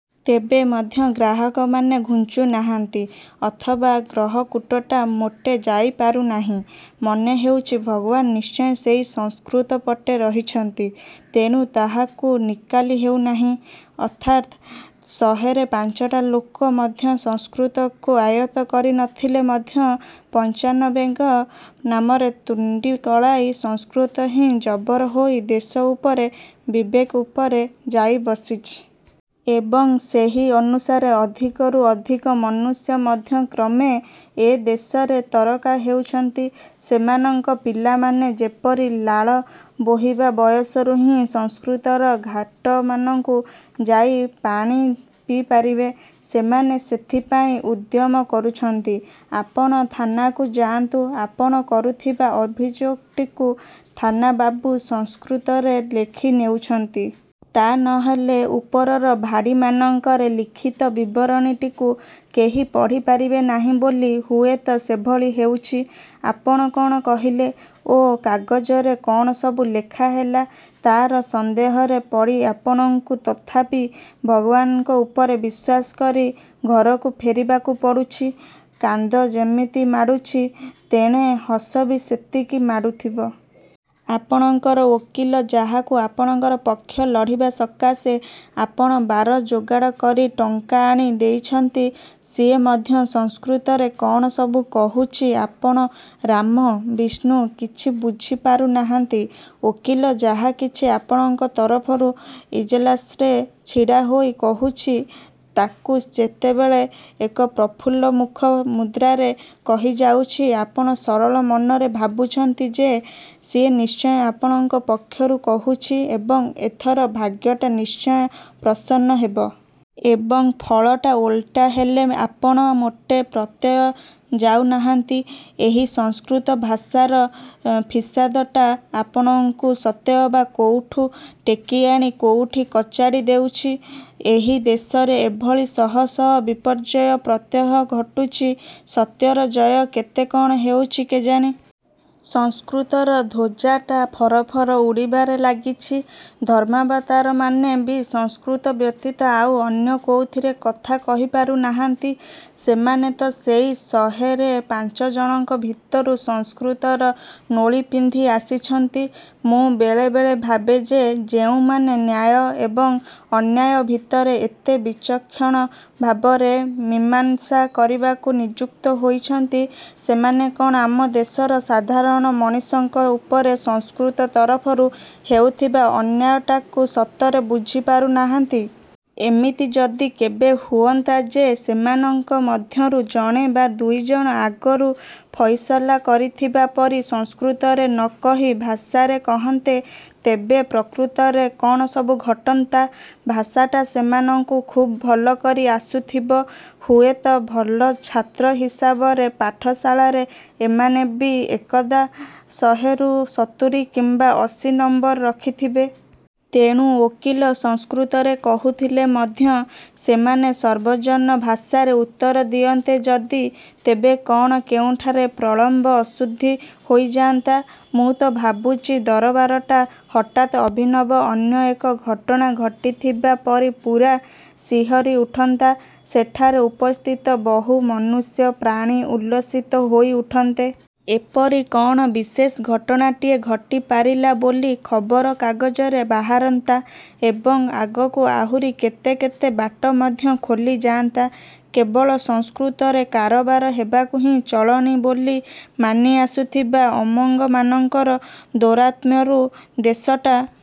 ତେବେ ମଧ୍ୟ ଗ୍ରାହକମାନେ ଘୁଞ୍ଚୁନାହାନ୍ତି ଅଥବା ଗ୍ରହକୂଟଟା ମୋଟେ ଯାଇ ପାରୁନାହିଁ। ମନେହେଉଛି ଭଗବାନ ନିଶ୍ଚୟ ସେଇ ସଂସ୍କୃତ ପଟେ ରହିଛନ୍ତି। ତେଣୁ ତାହାକୁ ନିକାଲି ହେଉନାହିଁ। ଅର୍ଥାତ ଶହେରେ ପାଞ୍ଚଟା ଲୋକ ମଧ୍ୟ ସଂସ୍କୃତକୁ ଆୟତ୍ତ କରିନଥିଲେ ମଧ୍ୟ ପଞ୍ଚାନବେଙ୍କ ନାମରେ ତୁଣ୍ଡି ଗଳାଇ ସଂସ୍କୃତ ହିଁ ଜବର ହୋଇ ଦେଶ ଉପରେ, ବିବେକ ଉପରେ ଯାଇ ବସିଛି। ଏବଂ ସେହି ଅନୁସାରେ ଅଧିକରୁ ଅଧିକ ମନୁଷ୍ୟ ମଧ୍ୟ କ୍ରମେ ଏ ଦେଶରେ ତରକା ହେଉଛନ୍ତି। ସେମାନଙ୍କ ପିଲାମାନେ ଯେପରି ଲାଳ ବୋହିବା ବୟସରୁ ହିଁ ସଂସ୍କୃତର ଘାଟମାନଙ୍କୁ ଯାଇ ପାଣି ପିଇପାରିବେ, ସେମାନେ ସେଥିପାଇଁ ଉଦ୍ୟମ କରୁଛନ୍ତି। ଆପଣ ଥାନାକୁ ଯାଆନ୍ତୁ ଆପଣ କରୁଥିବା ଅଭିଯୋଗଟିକୁ ଥାନାବାବୁ ସଂସ୍କୃତରେ ଲେଖି ନେଉଛନ୍ତି। ତା ନହେଲେ ଉପରର ଭାଡ଼ିମାନଙ୍କରେ ଲିଖିତ ବିବରଣୀଟିକୁ କେହି ପଢ଼ିପାରିବେ ନାହିଁ ବୋଲି ହୁଏତ ସେଭଳି ହେଉଛି। ଆପଣ କଣ କହିଲେ ଓ କାଗଜରେ କଣସବୁ ଲେଖାହେଲା, ତାର ସନ୍ଦେହରେ ପଡ଼ି ଆପଣଙ୍କୁ ତଥାପି ଭଗବାନଙ୍କ ଉପରେ ବିଶ୍ୱାସ କରି ଘରକୁ ଫେରିବାକୁ ପଡୁଛି। କାନ୍ଦ ଯେମିତି ମାଡୁଛି, ତେଣେ ହସ ବି ସେତିକି ମାଡୁଥିବ। ଆପଣଙ୍କର ଓକିଲ, ଯାହାକୁ ଆପଣଙ୍କର ପକ୍ଷ ଲଢ଼ିବା ସକାଶେ ଆପଣ ବାର ଯୋଗାଡ଼ କରି ଟଙ୍କା ଆଣି ଦେଇଛନ୍ତି, ସିଏ ମଧ୍ୟ ସଂସ୍କୃତରେ କଣ ସବୁ କହୁଛି ଆପଣ ରାମ, ବିଷ୍ଣୁ କିଛି ବୁଝି ପାରୁନାହାନ୍ତି। ଓକିଲ ଯାହାକିଛି ଆପଣଙ୍କ ତରଫରୁ ଇଜଲାସରେ ଛିଡ଼ାହୋଇ କହୁଛି, ତାକୁ ଯେତେବେଳେ ଏକ ପ୍ରଫୁଲ୍ଲମୁଖ ମୁଦ୍ରାରେ କହିଯାଉଛି, ଆପଣ ସରଳ ମନରେ ଭାବୁଛନ୍ତି ଯେ, ସିଏ ନିଶ୍ଚୟ ଆପଣଙ୍କ ପକ୍ଷରୁ କହୁଛି ଏବଂ ଏଥର ଭାଗ୍ୟଟା ନିଶ୍ଚୟ ପ୍ରସନ୍ନ ହେବ। ଏବଂ ଫଳଟା ଓଲଟା ହେଲେ ଆପଣ ମୋଟେ ପ୍ରତ୍ୟୟ ଯାଉନାହାନ୍ତି, ଏହି ସଂସ୍କୃତ ଭାଷାର ଫିସାଦଟା ଆପଣଙ୍କୁ ସତେଅବା କୋଉଠୁ ଟେକିଆଣି କୋଉଠି କଚାଡ଼ି ଦେଉଛି। ଏହି ଦେଶରେ ଏଭଳି ଶହ ଶହ ବିପର୍ଯ୍ୟୟ ପ୍ରତ୍ୟହ ଘଟୁଛି। ସତ୍ୟର ଜୟ କେତେ କଣ ହେଉଛି କେଜାଣି? ସଂସ୍କୃତର ଧ୍ୱଜାଟା ଫର ଫର ଉଡ଼ିବାରେ ଲାଗିଛି। ଧର୍ମାବତାରମାନେ ବି ସଂସ୍କୃତ ବ୍ୟତୀତ ଆଉ ଅନ୍ୟ କୋଉଥିରେ କଥା କହିପାରୁ ନାହାନ୍ତି। ସେମାନେ ତ ସେଇ ଶହେରେ ପାଞ୍ଚଜଣଙ୍କ ଭିତରୁ ସଂସ୍କୃତର ନୋଳି ପିନ୍ଧି ଆସିଛନ୍ତି। ମୁଁ ବେଳେ ବେଳେ ଭାବେ ଯେ, ଯେଉଁମାନେ ନ୍ୟାୟ ଏବଂ ଅନ୍ୟାୟ ଭିତରେ ଏତେ ବିଚକ୍ଷଣ ଭାବରେ ମୀମାଂସା କରିବାକୁ ନିଯୁକ୍ତ ହୋଇଛନ୍ତି ସେମାନେ କଣ ଆମ ଦେଶର ସାଧାରଣ ମଣିଷଙ୍କ ଉପରେ ସଂସ୍କୃତ ତରଫରୁ ହେଉଥିବା ଅନ୍ୟାୟଟାକୁ ସତରେ ବୁଝି ପାରୁନାହାନ୍ତି? ଏମିତି ଯଦି କେବେ ହୁଅନ୍ତା ଯେ ସେମାନଙ୍କ ମଧ୍ୟରୁ ଜଣେ ବା ଦୁଇଜଣ ଆଗରୁ ଫଇସଲା କରିଥିବା ପରି ସଂସ୍କୃତରେ ନକହି ଭାଷାରେ କହନ୍ତେ, ତେବେ ପ୍ରକୃତରେ କଣ ସବୁ ଘଟନ୍ତା? ଭାଷାଟା ଏମାନଙ୍କୁ ଖୁବ୍ ଭଲ କରି ଆସୁଥିବ, ହୁଏତ ଭଲ ଛାତ୍ର ହିସାବରେ ପାଠଶାଳାରେ ଏମାନେ ବି ଏକଦା ଶହେରୁ ସତୁରୀ କିମ୍ବା ଅଶୀ ନମ୍ବର ରଖିଥବେ। ତେଣୁ ଓକିଲ ସଂସ୍କୃତରେ କହୁଥିଲେ ମଧ୍ୟ ସେମାନେ ସର୍ବଜନ ଭାଷାରେ ଉତ୍ତର ଦିଅନ୍ତେ ଯଦି, ତେବେ କଣ କେଉଁଠାରେ ପ୍ରଳମ୍ବ ଅଶୁଦ୍ଧି ହୋଇଯାଆନ୍ତା? ମୁଁ ତ ଭାବୁଛି ଦରବାରଟା ହଠାତ୍ ଅଭିନବ ଅନ୍ୟ ଏକ ଘଟଣା ଘଟିଥିବା ପରି ପୂରା ଶିହରି ଉଠନ୍ତା। ସେଠାରେ ଉପସ୍ଥିତ ବହୁ ମନୁଷ୍ୟ, ପ୍ରାଣୀ ଉଲ୍ଲସିତ ହୋଇ ଉଠନ୍ତେ। ଏପରି କଣ ବିଶେଷ ଘଟଣାଟିଏ ଘଟିପାରିଲା ବୋଲି ଖବରକାଗଜରେ ବାହାରନ୍ତା ଏବଂ ଆଗକୁ ଆହୁରି କେତେ କେତେ ବାଟ ମଧ୍ୟ ଖୋଲିଯାଆନ୍ତା। କେବଳ ସଂସ୍କୃତରେ କାରବାର ହେବାକୁ ହିଁ ଚଳଣି ବୋଲି ମାନି ଆସୁଥିବା ଅମଙ୍ଗମାନଙ୍କର ଦୌରାତ୍ମ୍ୟରୁ ଦେଶଟା